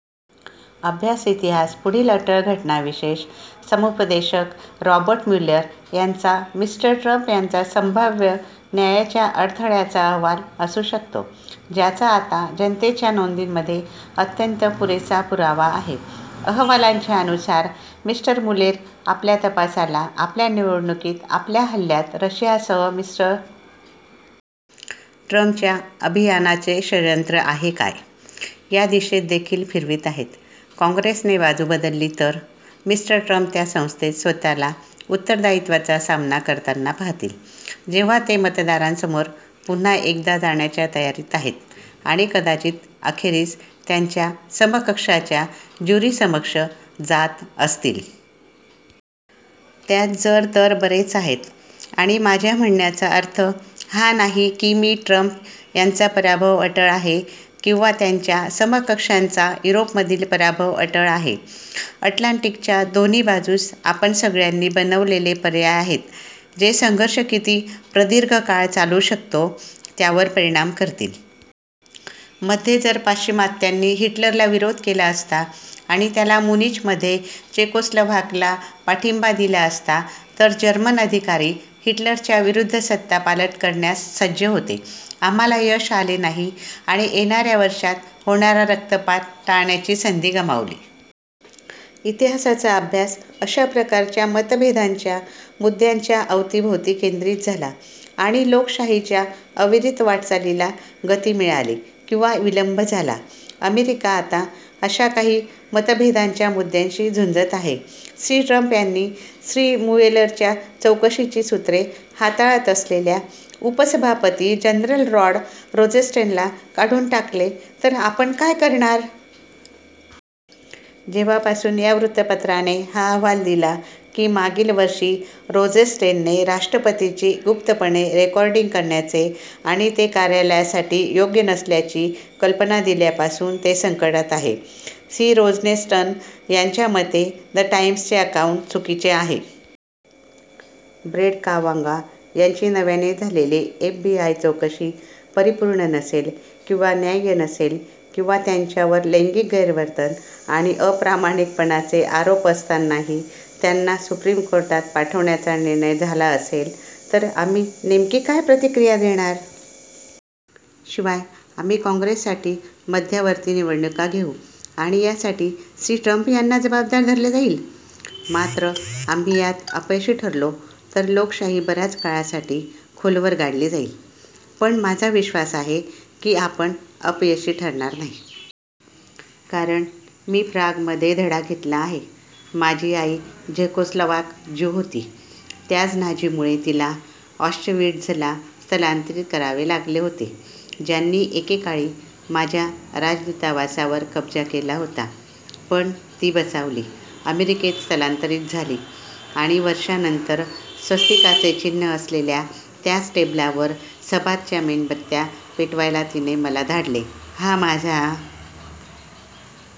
अभ्यास इतिहास पुढील अटळ घटना विशेष समुपदेशक रॉबर्ट म्युलेर यांचा मि. ट्रम्प यांचा संभाव्य न्यायाच्या अडथळ्याचा अहवाल असू शकतो, ज्याचा आता जनतेच्या नोंदीमध्ये अत्यंत पुरेसा पुरावा आहे. अहवालांच्या अनुसार, मि. म्युलेर आपल्या तपासाला, आपल्या निवडणुकीत आपल्या हल्ल्यात रशियासह मि. ट्रम्पच्या अभियानाचे षड्यंत्र आहे काय या दिशेत देखील फिरवीत आहेत. काँग्रेसने बाजू बदलली तर, मि. ट्रम्प त्या संस्थेत स्वतःला उत्तरदायित्वाचा सामना करताना पाहतील, जेव्हा ते मतदारांसमोर पुन्हा एकदा जाण्याच्या तयारीत आहेत, आणि कदाचित अखेरीस त्यांच्या समकक्षांच्या ज्युरीसमक्ष जात असतील. त्यात जर-तर बरेच आहेत, आणि माझ्या म्हणण्याचा अर्थ हा नाही की मि. ट्रम्प यांचा पराभव अटळ आहे – किंवा त्याच्या समकक्षांचा युरोपमधील पराभव अटळ आहे. अटलांटिकच्या दोन्ही बाजूस आपण सगळ्यांनी बनवलेले पर्याय आहेत जे संघर्ष किती प्रदीर्घ काळ चालू शकतो त्यावर परिणाम करतील. मध्ये, जर पाश्चिमात्यांनी हिटलरला विरोध केला असता आणि त्याला मुनीचमध्ये चेकोस्लोव्हाकला पाठिंबा दिला असता तर जर्मन अधिकारी हिटलरच्या विरूद्ध सत्ता पालट करण्यास सज्ज होते. आम्हाला यश आले नाही आणि येणार्या वर्षात होणारा रक्तपात टाळण्याची संधी गमावली. इतिहासाचा अभ्यास अशा प्रकारच्या मतभेदांच्या मुद्यांच्या अवतीभवती केंद्रित झाला आणि लोकशाहीच्या अविरत वाटचालीला गती मिळाली किंवा विलंब झाला. अमेरिका आता अशा काही मतभेदाच्या मुद्द्यांशी झुंझत आहे. श्री. ट्रम्प यांनी श्री. मुएलरच्या चौकशीची सूत्रे हाताळत असलेल्या, उपसभापती जनरल रॉड रोझेस्टेनला काढून टाकले तर आपण काय करणार? जेव्हापासून या वृत्तपत्राने हा अहवाल दिला की मागील वर्षी रोझेस्टेनने राष्ट्रपतींची गुप्तपणे रेकॉर्डिंग करण्याचे आणि ते कार्यालयासाठी योग्य नसल्याची कल्पना दिल्यापासून ते संकटात आहेत. श्री. रोझेन्सेटन यांच्या मते द टाईम्सचे अकाऊंट चुकीचे आहे. ब्रेट कावांगॉ यांची नव्याने झालेली एफबीआय चौकशी परिपूर्ण नसेल किंवा न्याय्य नसेल- किंवा त्यांच्यावर लैंगिक गैरवर्तन आणि अप्रामाणिकपणाचे आरोप असतानाही त्यांना सुप्रीम कोर्टात पाठवण्याचा निर्णय झाला असेल तर आम्ही नेमकी काय प्रतिक्रिया देणार? शिवाय, आम्ही काँग्रेससाठी मध्यावर्ती निवडणुका घेऊ आणि यासाठी श्री. ट्रम्प यांना जबाबदार धरले जाईल? मात्र, आम्ही यात अपयशी ठरलो तर लोकशाही बराच काळासाठी खोलवर गाडली जाईल. पण माझा विश्वास आहे की आपण अपयशी ठरणार नाही. कारण, मी प्रागमध्ये धडा घेतला आहे. माझी आई झेकोस्लोवाक ज्यू होती. त्याच नाझींमुळे तिला ऑश्चविट्झला स्थलांतर करावे लागले होते ज्यांनी एकेकाळी माझ्या राजदूतावासावर कब्जा केला होता. पण, ती बचावली, अमेरिकेत स्थलांतरित झाली… आणि वर्षांनंतर स्वस्तिकाचे चिन्ह असलेल्या त्याच टेबलावर सबाथच्या मेणबत्त्या पेटवायला तिने मला धाडले. हा माझा